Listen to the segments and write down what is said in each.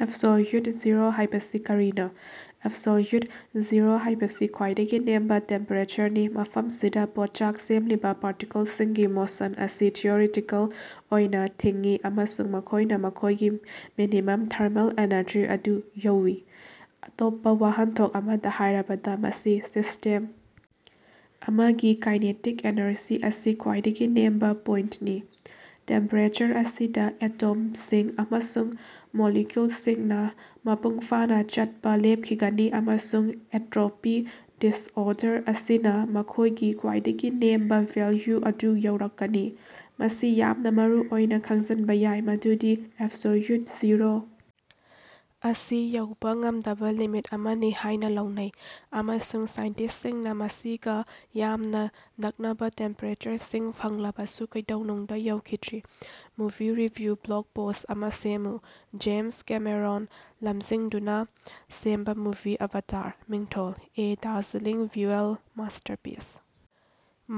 ꯑꯦꯕꯁꯣꯜꯌꯨꯇꯦꯗ zero ꯍꯥꯢꯕꯁꯤ ꯀꯔꯤꯅꯣ? Absolute zero ꯍꯥꯢꯕꯁꯤ ꯈ꯭ꯋꯥꯏꯗꯒꯤ ꯅꯦꯝꯕ ꯇꯦꯝꯄꯦꯔꯦꯆꯔꯅꯤ ꯃꯐꯝꯁꯤꯗꯥ ꯄꯣꯠꯆꯥꯛ ꯁꯦꯝꯂꯤꯕꯥ ꯄꯥꯔꯇꯤꯀꯜꯁꯤꯡꯒꯤ ꯃꯣꯁꯟ ꯑꯁꯤ ꯊꯤꯑꯣꯔꯤꯇꯤꯀꯦꯜ ꯑꯣꯏꯅ ꯊꯤꯡꯏ ꯑꯃꯁꯨꯡ ꯃꯈꯣꯢꯅ ꯃꯈꯣꯢꯒꯤ ꯃꯤꯅꯤꯃꯝ ꯊꯔꯃꯦꯜ ꯑꯦꯅꯔꯖꯤ ꯑꯗꯨ ꯌꯧꯏ꯫ ꯑꯇꯣꯞꯄꯥ ꯋꯥꯍꯟꯊꯣꯛ ꯑꯃꯗꯥ ꯍꯥꯢꯔꯕꯗ ꯃꯁꯤ ꯁꯤꯁꯇꯦꯝ ꯑꯃꯒꯤ ꯀꯥꯏꯅꯦꯇꯤꯛ ꯑꯦꯅꯔꯖꯤ ꯑꯁꯤ ꯈ꯭ꯋꯥꯏꯗꯒꯤ ꯅꯦꯝꯕ ꯄꯣꯏꯟꯇꯅꯤ꯫ ꯇꯦꯝꯄꯦꯔꯦꯆꯔ ꯑꯁꯤꯗ ꯑꯦꯇꯣꯝꯁꯤꯡ ꯑꯃꯁꯨꯡ ꯃꯣꯂꯤꯀ꯭ꯌꯨꯜꯁꯤꯡꯅ ꯃꯄꯨꯡꯐꯥꯅ ꯆꯠꯄ ꯂꯦꯞꯈꯤꯒꯅꯤ ꯑꯃꯁꯨꯡ ꯑꯦꯟꯇ꯭ꯔꯣꯄꯤ (ꯗꯤꯁꯑꯣꯔꯗꯔ) ꯑꯁꯤꯅꯥ ꯃꯈꯣꯢꯒꯤ ꯈ꯭ꯋꯥꯏꯗꯒꯤ ꯅꯦꯝꯕ ꯚꯦꯜꯌꯨ ꯑꯗꯨ ꯌꯧꯔꯛꯀꯅꯤ꯫ ꯃꯁꯤ ꯌꯥꯝꯅ ꯃꯔꯨꯑꯣꯏꯅ ꯈꯪꯖꯤꯟꯕ ꯌꯥꯏ ꯃꯗꯨꯗꯤ ꯑꯦꯕꯁꯣꯜꯌꯨꯠ ꯖꯤꯔꯣ ꯑꯁꯤ ꯌꯧꯕꯥ ꯉꯝꯗꯕꯥ ꯂꯤꯃꯤꯠ ꯑꯃꯅꯤ ꯍꯥꯢꯅ ꯂꯧꯅꯩ ꯑꯃꯁꯨꯡ ꯁꯥꯏꯟꯇꯤꯁ꯭ꯇꯁꯤꯡꯅ ꯃꯁꯤꯒꯥ ꯌꯥꯝꯅ ꯅꯛꯅꯕ ꯇꯦꯝꯄꯦꯔꯦꯆꯔꯁꯤꯡ ꯐꯪꯂꯕꯁꯨ ꯀꯩꯗꯧꯅꯨꯡꯗ ꯌꯧꯈꯤꯗ꯭ꯔꯤ꯫ ꯃꯨꯚꯤ ꯔꯤꯚꯤꯌꯨ ꯕ꯭ꯂꯣꯒ ꯄꯣꯁ꯭ꯠ ꯑꯃꯥ ꯁꯦꯝꯃꯨ꯫ ꯖꯦꯃꯁ ꯀꯦꯃꯦꯔꯣꯟ ꯂꯝꯖꯤꯡꯗꯨꯅ ꯁꯦꯝꯕ ꯃꯨꯚꯤ ꯑꯚꯥꯇꯥꯔ꯫ ꯃꯤꯡꯊꯣꯜ: a dazzling visual masterpiece: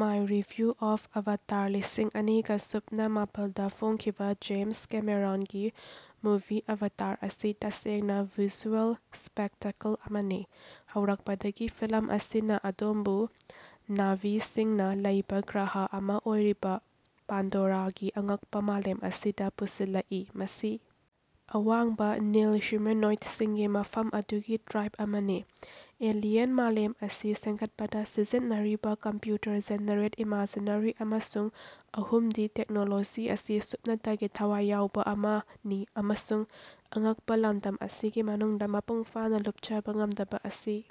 my review of Avatar ꯂꯤꯁꯤꯡ ꯑꯅꯤꯒ ꯁꯨꯞꯅ ꯃꯥꯄꯜꯗꯥ ꯐꯣꯡꯈꯤꯕ ꯖꯦꯃꯁ ꯀꯦꯃꯦꯔꯣꯟꯒꯤ ꯃꯨꯚꯤ ꯑꯚꯥꯇꯔ ꯑꯁꯤ ꯇꯁꯦꯡꯅ ꯚꯤꯖꯨꯑꯦꯜ ꯁ꯭ꯄꯦꯛꯇꯦꯀꯜ ꯑꯃꯅꯤ꯫ ꯍꯧꯔꯛꯄꯗꯒꯤ ꯐꯤꯂꯝ ꯑꯁꯤꯅ ꯑꯗꯣꯝꯕꯨ ꯅꯥꯚꯤꯁꯤꯡꯅꯥ ꯂꯩꯕꯥ ꯒ꯭ꯔꯍ ꯑꯃ ꯑꯣꯏꯔꯤꯕ ꯄꯥꯟꯗꯣꯔꯥꯒꯤ ꯑꯉꯛꯄ ꯃꯥꯂꯦꯝ ꯑꯁꯤꯗ ꯄꯨꯁꯤꯜꯂꯛꯏ ꯃꯁꯤ ꯑꯋꯥꯡꯕꯥ, ꯅꯤꯜ ꯍ꯭ꯌꯨꯃꯦꯅꯣꯏꯗꯁꯤꯡꯒꯤ ꯃꯐꯝ ꯑꯗꯨꯒꯤ ꯇ꯭ꯔꯥꯏꯕ ꯑꯃꯅꯤ꯫ ꯑꯦꯂꯤꯌꯟ ꯃꯥꯂꯦꯝ ꯑꯁꯤ ꯁꯦꯝꯒꯠꯄꯗ ꯁꯤꯖꯤꯟꯅꯔꯤꯕꯥ ꯀꯝꯄ꯭ꯌꯨꯇꯔ ꯖꯦꯅꯦꯔꯦꯠ ꯏꯃꯥꯖꯦꯔꯤ ꯑꯃꯁꯨꯡ ꯑꯍꯨꯝꯗꯤ ꯇꯦꯛꯅꯣꯂꯣꯖꯤ ꯑꯁꯤ ꯁꯨꯞꯅꯇꯒꯤ ꯊꯋꯥꯏ ꯌꯥꯎꯕꯥ ꯑꯃꯅꯤ ꯑꯃꯁꯨꯡ ꯑꯉꯛꯄ ꯂꯝꯗꯝ ꯑꯁꯤꯒꯤ ꯃꯅꯨꯡꯗ ꯃꯄꯨꯡ ꯐꯥꯅ ꯂꯨꯞꯆꯕ ꯉꯝꯗꯕ ꯑꯁꯤ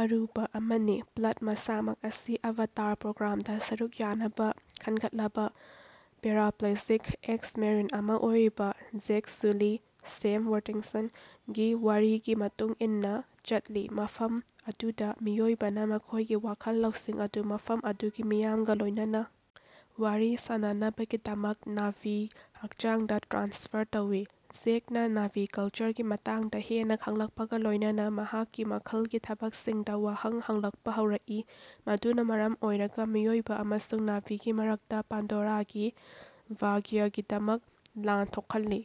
ꯑꯔꯨꯕ ꯑꯃꯅꯤ꯫ ꯄ꯭ꯂꯠ ꯃꯁꯥꯃꯛ ꯑꯁꯤ ꯑꯚꯇꯥꯔ ꯄ꯭ꯔꯣꯒ꯭ꯔꯥꯝꯗ ꯁꯔꯨꯛ ꯌꯥꯅꯕ ꯈꯟꯒꯠꯂꯕ ꯄꯦꯔꯥꯄ꯭ꯂꯦꯖꯤꯛ ꯑꯦꯛꯁ-ꯃꯦꯔꯤꯟ ꯑꯃ ꯑꯣꯏꯔꯤꯕ ꯖꯦꯛ ꯁꯨꯂꯤ (ꯁꯦꯝ ꯋꯔꯇꯤꯡꯇꯟ)ꯒꯤ ꯋꯥꯔꯤꯒꯤ ꯃꯇꯨꯡ ꯏꯟꯅ ꯆꯠꯂꯤ ꯃꯐꯝ ꯑꯗꯨꯗ ꯃꯤꯑꯣꯏꯕꯅ ꯃꯈꯣꯢꯒꯤ ꯋꯥꯈꯜ ꯂꯧꯁꯤꯡ ꯑꯗꯨ ꯃꯐꯝ ꯑꯗꯨꯒꯤ ꯃꯤꯌꯥꯝꯒ ꯂꯣꯢꯅꯅꯥ ꯋꯥꯔꯤ ꯁꯥꯅꯅꯕꯒꯤꯗꯃꯛ ꯅꯥꯚꯤ ꯍꯛꯆꯥꯡꯗ ꯇ꯭ꯔꯥꯟꯁꯐꯔ ꯇꯧꯏ꯫ ꯖꯦꯛꯅꯥ ꯅꯥꯚꯤ ꯀꯜꯆꯔꯒꯤ ꯃꯇꯥꯡꯗ ꯍꯦꯟꯅ ꯈꯡꯂꯛꯄꯒ ꯂꯣꯢꯅꯅꯥ ꯃꯍꯥꯛꯀꯤ ꯃꯈꯜꯒꯤ ꯊꯕꯛꯁꯤꯡꯗꯥ ꯋꯥꯍꯪ ꯍꯪꯂꯛꯄꯥ ꯍꯧꯔꯛꯏ ꯃꯗꯨꯅ ꯃꯔꯝ ꯑꯣꯏꯔꯒ ꯃꯤꯑꯣꯏꯕ ꯑꯃꯁꯨꯡ ꯅꯥꯚꯤꯒꯤ ꯃꯔꯛꯇ ꯄꯥꯟꯗꯣꯔꯥꯒꯤ ꯚꯥꯒ꯭ꯌꯒꯤꯗꯃꯛ ꯂꯥꯟ ꯊꯣꯛꯍꯜꯂꯤ꯫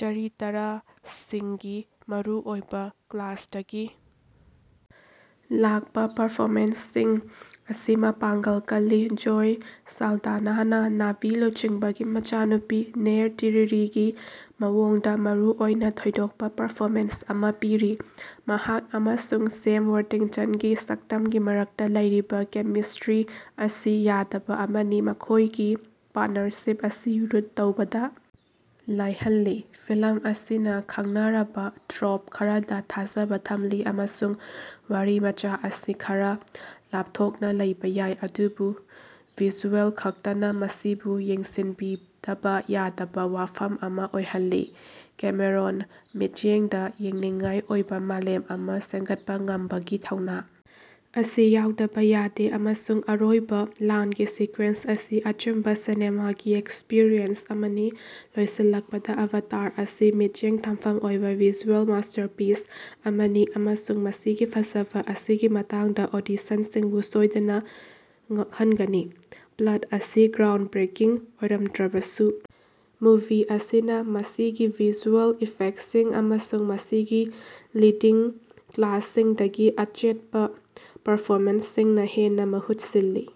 ꯆꯔꯤꯇꯔꯁꯤꯡꯒꯤ ꯃꯔꯨꯑꯣꯏꯕ ꯀꯥꯁ꯭ꯇꯇꯒꯤ ꯂꯥꯛꯄ ꯄꯔꯐꯣꯃꯦꯟꯁꯁꯤꯡ ꯑꯁꯤ ꯃꯄꯥꯡꯒꯜ ꯀꯜꯂꯤ ꯖꯣꯏ ꯁꯥꯂꯗꯥꯅꯥꯅꯥ ꯅꯥꯚꯤ ꯂꯨꯆꯤꯡꯕꯒꯤ ꯃꯆꯥꯅꯨꯄꯤ ꯅꯦꯏꯇꯤꯔꯤꯒꯤ ꯃꯑꯣꯡꯗ ꯃꯔꯨꯑꯣꯏꯅ ꯊꯣꯏꯗꯣꯛꯄ ꯄꯔꯐꯣꯃꯦꯟꯁ ꯑꯃ ꯄꯤꯔꯤ꯫ ꯃꯍꯥꯛ ꯑꯃꯁꯨꯡ ꯁꯦꯝ ꯋꯔꯇꯤꯡꯇꯟꯒꯤ ꯁꯛꯇꯝꯒꯤ ꯃꯔꯛꯇ ꯂꯩꯔꯤꯕꯥ ꯀꯦꯃꯤꯁꯇ꯭ꯔꯤ ꯑꯁꯤ ꯌꯥꯗꯕ ꯑꯃꯅꯤ ꯃꯈꯣꯢꯒꯤ ꯄꯥꯔꯇꯅꯔꯁꯤꯞ ꯑꯁꯤ ꯔꯨꯠ ꯇꯧꯕꯗ ꯂꯥꯏꯍꯜꯂꯤ꯫ ꯐꯤꯂꯝ ꯑꯁꯤꯅ ꯈꯡꯅꯔꯕ ꯇ꯭ꯔꯣꯞ ꯈꯔꯗꯥ ꯊꯥꯖꯕ ꯊꯝꯂꯤ ꯑꯃꯁꯨꯡ ꯋꯥꯔꯤꯃꯆꯥ ꯑꯁꯤ ꯈꯔ ꯂꯥꯞꯊꯣꯛꯅ ꯂꯩꯕꯥ ꯌꯥꯏ ꯑꯗꯨꯕꯨ ꯚꯤꯖꯨꯑꯦꯜ ꯈꯛꯇꯅ ꯃꯁꯤꯕꯨ ꯌꯦꯡꯁꯤꯟꯕꯤꯗꯕ ꯌꯥꯗꯕ ꯋꯥꯐꯝ ꯑꯃ ꯑꯣꯏꯍꯜꯂꯤ꯫ ꯀꯦꯃꯦꯔꯣꯟ ꯃꯤꯠꯌꯦꯡꯗ ꯌꯦꯡꯅꯤꯡꯉꯥꯏ ꯑꯣꯏꯕ ꯃꯥꯂꯦꯝ ꯑꯃ ꯁꯦꯝꯒꯠꯄ ꯉꯝꯕꯒꯤ ꯊꯧꯅꯥ ꯑꯁꯤ ꯌꯥꯎꯗꯕ ꯌꯥꯗꯦ ꯑꯃꯁꯨꯡ ꯑꯔꯣꯏꯕ ꯂꯥꯟꯒꯤ ꯁꯤꯀ꯭ꯋꯦꯟꯁ ꯑꯁꯤ ꯑꯆꯨꯝꯕꯥ ꯁꯤꯅꯦꯃꯥꯒꯤ ꯑꯦꯛꯁꯄꯔꯤꯌꯦꯟꯁ ꯑꯃꯅꯤ꯫ ꯂꯣꯏꯁꯤꯜꯂꯛꯄꯗ ꯑꯚꯇꯥꯔ ꯑꯁꯤ ꯃꯤꯠꯌꯦꯡ ꯊꯝꯐꯝ ꯑꯣꯏꯕ ꯚꯤꯖꯨꯑꯦꯜ ꯃꯥꯁꯇꯔꯄꯤꯁ ꯑꯃꯅꯤ ꯑꯃꯁꯨꯡ ꯃꯁꯤꯒꯤ ꯐꯖꯕ ꯑꯁꯤꯒꯤ ꯃꯇꯥꯡꯗ ꯑꯣꯗꯤꯁꯟꯁꯤꯡꯕꯨ ꯁꯣꯏꯗꯅ ꯉꯛꯍꯟꯒꯅꯤ꯫ ꯄ꯭ꯂꯠ ꯑꯁꯤ ꯒ꯭ꯔꯥꯎꯟꯗꯕ꯭ꯔꯦꯀꯤꯡ ꯑꯣꯏꯔꯝꯗ꯭ꯔꯕꯁꯨ ꯃꯨꯚꯤ ꯑꯁꯤꯅ ꯃꯁꯤꯒꯤ ꯚꯤꯖꯨꯑꯦꯜ ꯏꯐꯦꯛꯇꯁꯤꯡ ꯑꯃꯁꯨꯡ ꯃꯁꯤꯒꯤ ꯂꯤꯗꯤꯡ ꯀꯥꯁ꯭ꯇꯁꯤꯡꯗꯒꯤ ꯑꯆꯦꯠꯄ ꯄꯔꯐꯣꯃꯦꯟꯁꯁꯤꯡꯅ ꯍꯦꯟꯅ ꯃꯍꯨꯠ ꯁꯤꯜꯂꯤ꯫